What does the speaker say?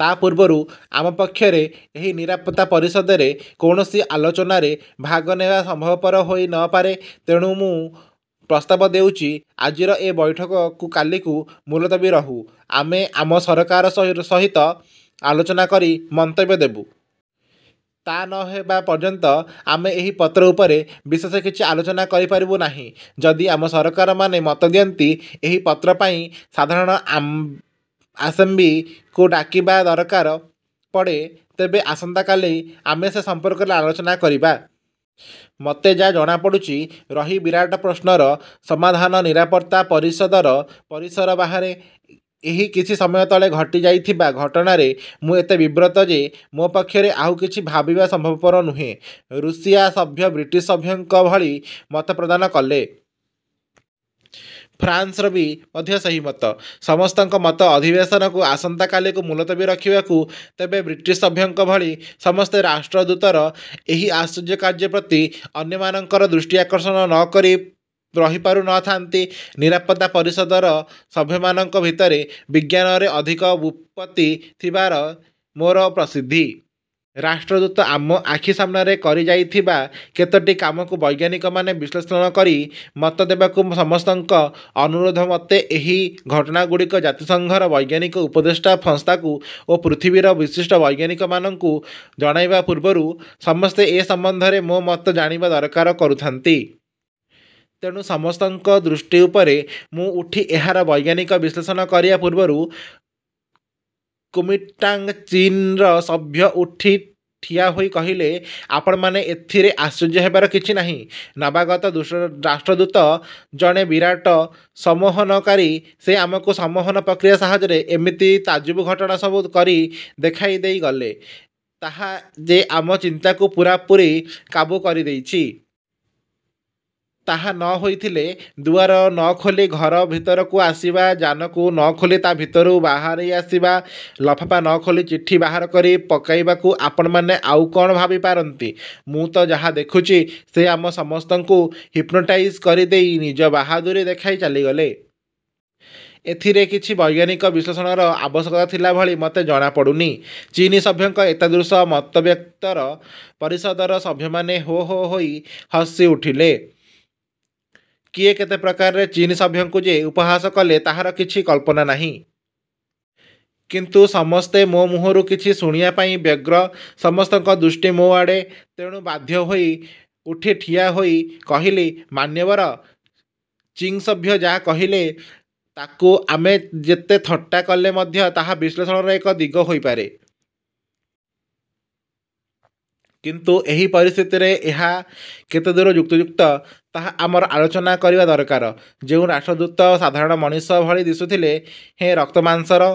ତା ପୂର୍ବରୁ ଆମ ପକ୍ଷରେ ଏହି ନିରାପତ୍ତା ପରିଷଦରେ କୌଣସି ଆଲୋଚନାରେ ଭାଗ ନେବା ସମ୍ଭବପର ହୋଇ ନ ପାରେ। ତେଣୁ ମୁଁ ପ୍ରସ୍ତାବ ଦେଉଛି, ଆଜିର ଏ ବୈଠକ କାଲିକୁ ମୂଲତବୀ ରହୁ; ଆମେ ଆମ ସରକାର ସହିତ ଆଲୋଚନା କରି ମନ୍ତବ୍ୟ ଦେବୁ। ତା ନ ହେବା ପର୍ଯ୍ୟନ୍ତ ଆମେ ଏହି ପତ୍ର ଉପରେ ବିଶେଷ କିଛି ଆଲୋଚନା କରିପାରିବୁ ନାହିଁ। ଯଦି ଆମ ସରକାରମାନେ ମତ ଦିଅନ୍ତି, ଏହି ପତ୍ର ପାଇଁ ସାଧାରଣ ଆସେମ୍ବ୍ଲିକୁ ଡାକିବା ଦରକାର ପଡ଼େ, ତେବେ ଆସନ୍ତାକାଲି ଆମେ ସେ ସମ୍ପର୍କରେ ଆଲୋଚନା କରିବା। ମୋତେ ଯା' ଜଣାପଡ଼ୁଛି, ରହି ବିରାଟ ପ୍ରଶ୍ନର ସମାଧାନନିରାପତ୍ତା ପରିଷଦର ପରିସର ବାହାରେ। ଏହି କିଛି ସମୟ ତଳେ ଘଟିଯାଇଥିବା ଘଟଣାରେ ମୁଁ ଏତେ ବିବ୍ରତ ଯେ ମୋ ପକ୍ଷରେ ଆଉ କିଛି ଭାବିବା ସମ୍ଭବପର ନୁହେଁ। ଋଷିଆ ସଭ୍ୟ ବ୍ରିଟିଶ ସଭ୍ୟଙ୍କ ଭଳି ମତପ୍ରଦାନ କଲେ। ଫ୍ରାନ୍ସର ବି ମଧ୍ୟ ସେଇ ମତ। ସମସ୍ତଙ୍କ ମତ ଅଧିବେଶନକୁ ଆସନ୍ତା କାଲିକୁ ମୁଲତବୀ ରଖିବାକୁ। ତେବେ ବ୍ରିଟିଶ ସଭ୍ୟଙ୍କ ଭଳି ସମସ୍ତେ ରାଷ୍ଟ୍ରଦୂତର ଏହି ଆଶ୍ଚର୍ଯ୍ୟ କାର୍ଯ୍ୟ ପ୍ରତି ଅନ୍ୟମାନଙ୍କର ଦୃଷ୍ଟି ଆକର୍ଷଣ ନ କରି ରହି ପାରୁ ନ ଥାନ୍ତି। ନିରାପତ୍ତା ପରିଷଦର ସଭ୍ୟମାନଙ୍କ ଭିତରେ ବିଜ୍ଞାନରେ ଅଧିକ ବୁତ୍ପତ୍ତି ଥିବାରେ ମୋର ପ୍ରସିଦ୍ଧି। ରାଷ୍ଟ୍ରଦୂତ ଆମ ଆଖି ସାମ୍ନାରେ କରିଯାଇଥିବା କେତୋଟି କାମକୁ ବୈଜ୍ଞାନିକ ବିଶ୍ଳେଷଣକରି ମତ ଦେବାକୁ ସମସ୍ତଙ୍କ ଅନୁରୋଧ ମୋତେ। ଏହି ଘଟଣାଗୁଡ଼ିକୁ ଜାତିସଂଘର ବୈଜ୍ଞାନିକ ଉପଦେଷ୍ଟା ସଂସ୍ଥାକୁ ଓ ପୃଥିବୀର ବିଶିଷ୍ଟ ବୈଜ୍ଞାନିକମାନକୁ ଜଣାଇବା ପୂର୍ବରୁ ସମସ୍ତେ ଏ ସମ୍ବନ୍ଧରେ ମୋ ମତ ଜାଣିବା ଦରକାର କରୁଥାନ୍ତି। ତେଣୁ ସମସ୍ତଙ୍କ ଦୃଷ୍ଟି ମୋ ଉପରେ। ମୁଁ ଉଠି ଏହାର ବୈଜ୍ଞାନିକ ବିଶ୍ଳେଷଣ କରିବା ପୂର୍ବରୁ କୋମିଂଟାଙ୍ଗ୍ ଚୀନର ସଭ୍ୟ ଉଠି ଠିଆହୋଇ କହିଲେ, ''ଆପଣମାନେ ଏଥିରେ ଆଶ୍ଚର୍ଯ୍ୟ ହେବାର କିଛି ନାହିଁ। ନବାଗତ ରାଷ୍ଟ୍ରଦୂତ ଜଣେ ବିରାଟ ସମ୍ମୋହନକାରୀ। ସେ ଆମକୁ ସମ୍ମୋହନ ପ୍ରକ୍ରିୟା ସାହାଯ୍ୟରେ ଏମିତି ତାଜୁବ ଘଟଣାସବୁ କରି ଦେଖାଇ ଦେଇଗଲେ ତାହା ଯେ ଆମ ଚିନ୍ତାକୁ ପୂରାପୂରି କାବୁ କରିଦେଇଛି। ତାହା ନ ହୋଇଥିଲେ ଦୁଆର ନ ଖୋଲି ଘର ଭିତରକୁ ଆସିବା, ଯାନକୁ ନ ଖୋଲି ତା ଭିତରୁ ବାହାରି ଆସିବା, ଲଫାପା ନ ଖୋଲି ଚିଠି ବାହାରକରି ପକାଇବାକୁ ଆପଣମାନେ ଆଉ କଣ ଭାବିପାରନ୍ତି? ମୁଁ ତ ଯାହା ଦେଖୁଚି, ସେ ଆମ ସମସ୍ତଙ୍କୁ ହିପ୍ନୋଟାଇଜଡ଼୍ କରିଦେଇ ନିଜ ବାହାଦୁରି ଦେଖାଇ ଚାଲିଗଲେ। ଏଥିରେ କିଛି ବୈଜ୍ଞାନିକ ବିଶ୍ଳେଷଣର ଆବଶ୍ୟକତା ଥିଲା ଭଳି ମୋତେ ଜଣାପଡ଼ୁନି। '' ଚୀନ ସଭ୍ୟଙ୍କ ଏତାଦୃଶ ମତବ୍ୟକ୍ତର ପରିଷଦର ସଭ୍ୟମାନେ ହୋ' ହୋ' ହୋଇ 'ହସି ଉଠିଲେ। କିଏ କେତେ ପ୍ରକାରେ ଚୀନ ସଭ୍ୟଙ୍କୁ ଯେ ଉପହାସ କଲେ ତାର କିଛି କଳ୍ପନା ନାହିଁ। କିନ୍ତୁ ସମସ୍ତେ ମୋ ମୁହଁରୁ କିଛି ଶୁଣିବା ପାଇଁ ବ୍ୟଗ୍ର। ସମସ୍ତଙ୍କ ଦୃଷ୍ଟି ମୋ ଆଡ଼େ। ତେଣୁ ବାଧ୍ୟ ହୋଇ ଉଠି ଠିଆ ହୋଇ କହିଲି,'' ମାନ୍ୟବର ଚିଂ ସଭ୍ୟ ଯା' କହିଲେ ତାକୁ ଆମେ ଯେତେ ଥଟ୍ଟା କଲେ ମଧ୍ୟ ତାହା ବିଶ୍ଳେଷଣର ଏକ ଦିଗ ହୋଇପାରେ। କିନ୍ତୁ ଏହି ପରିସ୍ଥିତିରେ ଏହା କେତେ ଦୂର ଯୁକ୍ତିକୁକ୍ତ, ତାହା ଆମର ଆଲୋଚନା କରିବା ଦରକାର। ଯେଉଁ ରାଷ୍ଟ୍ରଦୂତ ସାଧାରଣ ମଣିଷ ଭଳି ଦିଶୁଥିଲେ ହେଁ ରକ୍ତ ମାଂସର